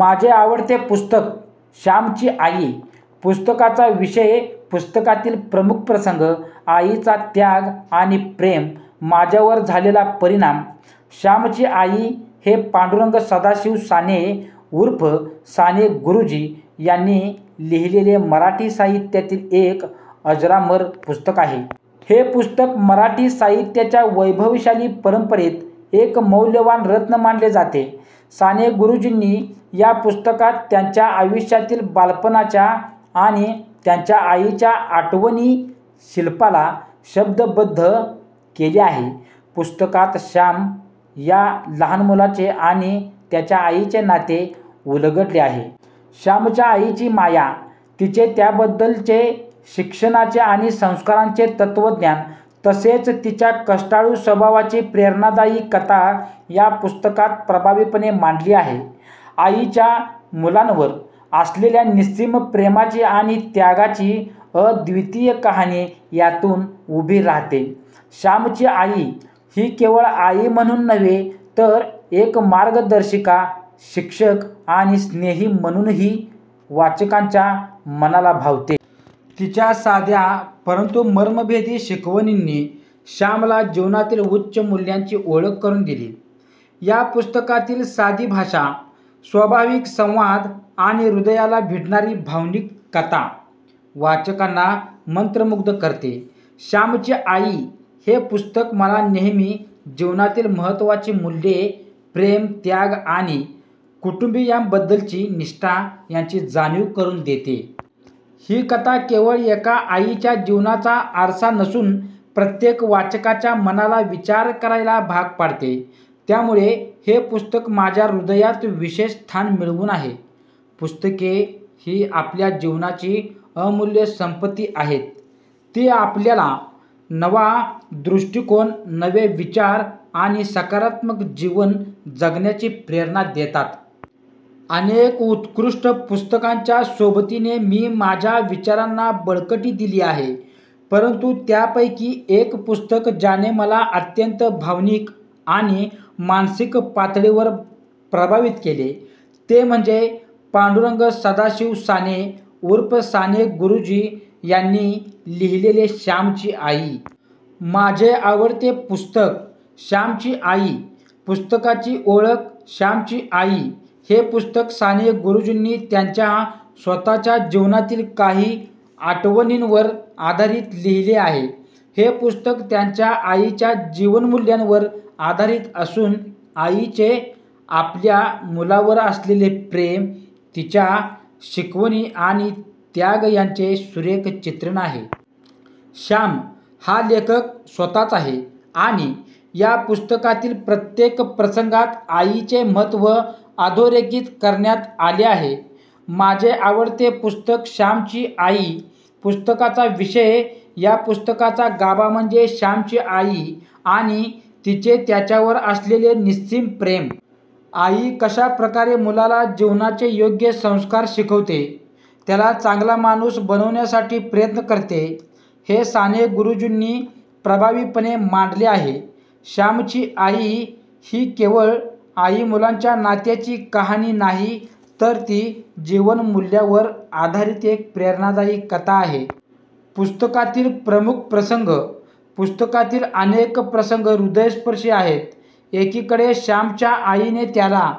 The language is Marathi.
माझे आवडते पुस्तक श्यामची आई, पुस्तकाचा विषय, पुस्तकातील प्रमुख प्रसंग, आईचा त्याग आणि प्रेम, माझ्यावर झालेला परिणाम. श्यामची आई हे पांडुरंग सदाशिव साने, उर्फ साने गुरुजी यांनी लिहिलेले मराठी साहित्यातील एक अजरामर पुस्तक आहे. हे पुस्तक मराठी साहित्याच्या वैभवशाली परंपरेत एक मौल्यवान रत्न मानले जाते. साने गुरुजींनी या पुस्तकात त्यांच्या आयुष्यातील बालपणाच्या आणि त्यांच्या आईच्या आठवणीशिल्पाला शब्दबद्ध केले आहे. पुस्तकात श्याम या लहान मुलाचे आणि त्याच्या आईचे नाते उलगडले आहे. श्यामच्या आईची माया, तिचे त्याच्याबद्दलचे शिक्षणाचे आणि संस्कारांचे तत्त्वज्ञान, तसेच तिच्या कष्टाळू स्वभावाची प्रेरणादायी कथा या पुस्तकात प्रभावीपणे मांडली आहे. आईच्या मुलांवर असलेल्या निस्सीम प्रेमाची आणि त्यागाची अद्वितीय कहाणी यातून उभी राहते. श्यामची आई ही केवळ आई म्हणून नव्हे, तर एक मार्गदर्शिका, शिक्षक आणि स्नेही म्हणूनही वाचकांच्या मनाला भावते. तिच्या साध्या परंतु मर्मभेदी शिकवणींनी श्यामला जीवनातील उच्च मूल्यांची ओळख करून दिली. या पुस्तकातील साधी भाषा, स्वाभाविक संवाद आणि हृदयाला भिडणारी भावनिक कथा वाचकांना मंत्रमुग्ध करते. श्यामची आई हे पुस्तक मला नेहमी जीवनातील महत्त्वाची मूल्ये, प्रेम, त्याग आणि कुटुंबीयांबद्दलची निष्ठा यांची जाणीव करून देते. ही कथा केवळ एका आईच्या जीवनाचा आरसा नसून प्रत्येक वाचकाच्या मनाला विचार करायला भाग पाडते. त्यामुळेच हे पुस्तक माझ्या हृदयात विशेष स्थान मिळवून आहे. पुस्तके ही आपल्या जीवनाची अमूल्य संपत्ती आहेत. ती आपल्याला नवा दृष्टिकोन, नवे विचार आणि सकारात्मक जीवन जगण्याची प्रेरणा देतात. अनेक उत्कृष्ट पुस्तकांच्या सोबतीने मी माझ्या विचारांना बळकटी दिली आहे. परंतु त्यापैकी एक पुस्तक, ज्याने मला अत्यंत भावनिक आणि मानसिक पातळीवर प्रभावित केले, ते म्हणजे पांडुरंग सदाशिव साने ऊर्फ साने गुरुजी यांनी लिहिलेले श्यामची आई. माझे आवडते पुस्तक श्यामची आई, पुस्तकाची ओळख, श्यामची आई हे पुस्तक साने गुरुजींनी त्यांच्या स्वतःच्या जीवनातील काही आठवणींवर आधारित लिहिले आहे. हे पुस्तक त्यांच्या आईच्या जीवनमूल्यांवर आधारित असून, आईचे आपल्या मुलावर असलेले प्रेम, तिच्या शिकवणी आणि त्याग यांचे सुरेख चित्रण आहे. श्याम हा लेखक स्वतःच आहे आणि या पुस्तकातील प्रत्येक प्रसंगात आईचे महत्त्व अधोरेखित करण्यात आले आहे. माझे आवडते पुस्तक श्यामची आई, पुस्तकाचा विषय, या पुस्तकाचा गाभा म्हणजे श्यामची आई आणि तिचे त्याच्यावर असलेले निस्सीम प्रेम. आई कशा प्रकारे मुलाला जीवनाचे योग्य संस्कार शिकवते, त्याला चांगला माणूस बनवण्यासाठी प्रयत्न करते, हे साने गुरुजींनी प्रभावीपणे मांडले आहे. श्यामची आई ही केवळ आई-मुलाच्या नात्याची कहाणी नाही, तर ती जीवनमूल्यांवर आधारित एक प्रेरणादायी कथा आहे. पुस्तकातील प्रमुख प्रसंग, पुस्तकातील अनेक प्रसंग हृदयस्पर्शी आहेत. एकीकडे श्यामच्या आईने त्याला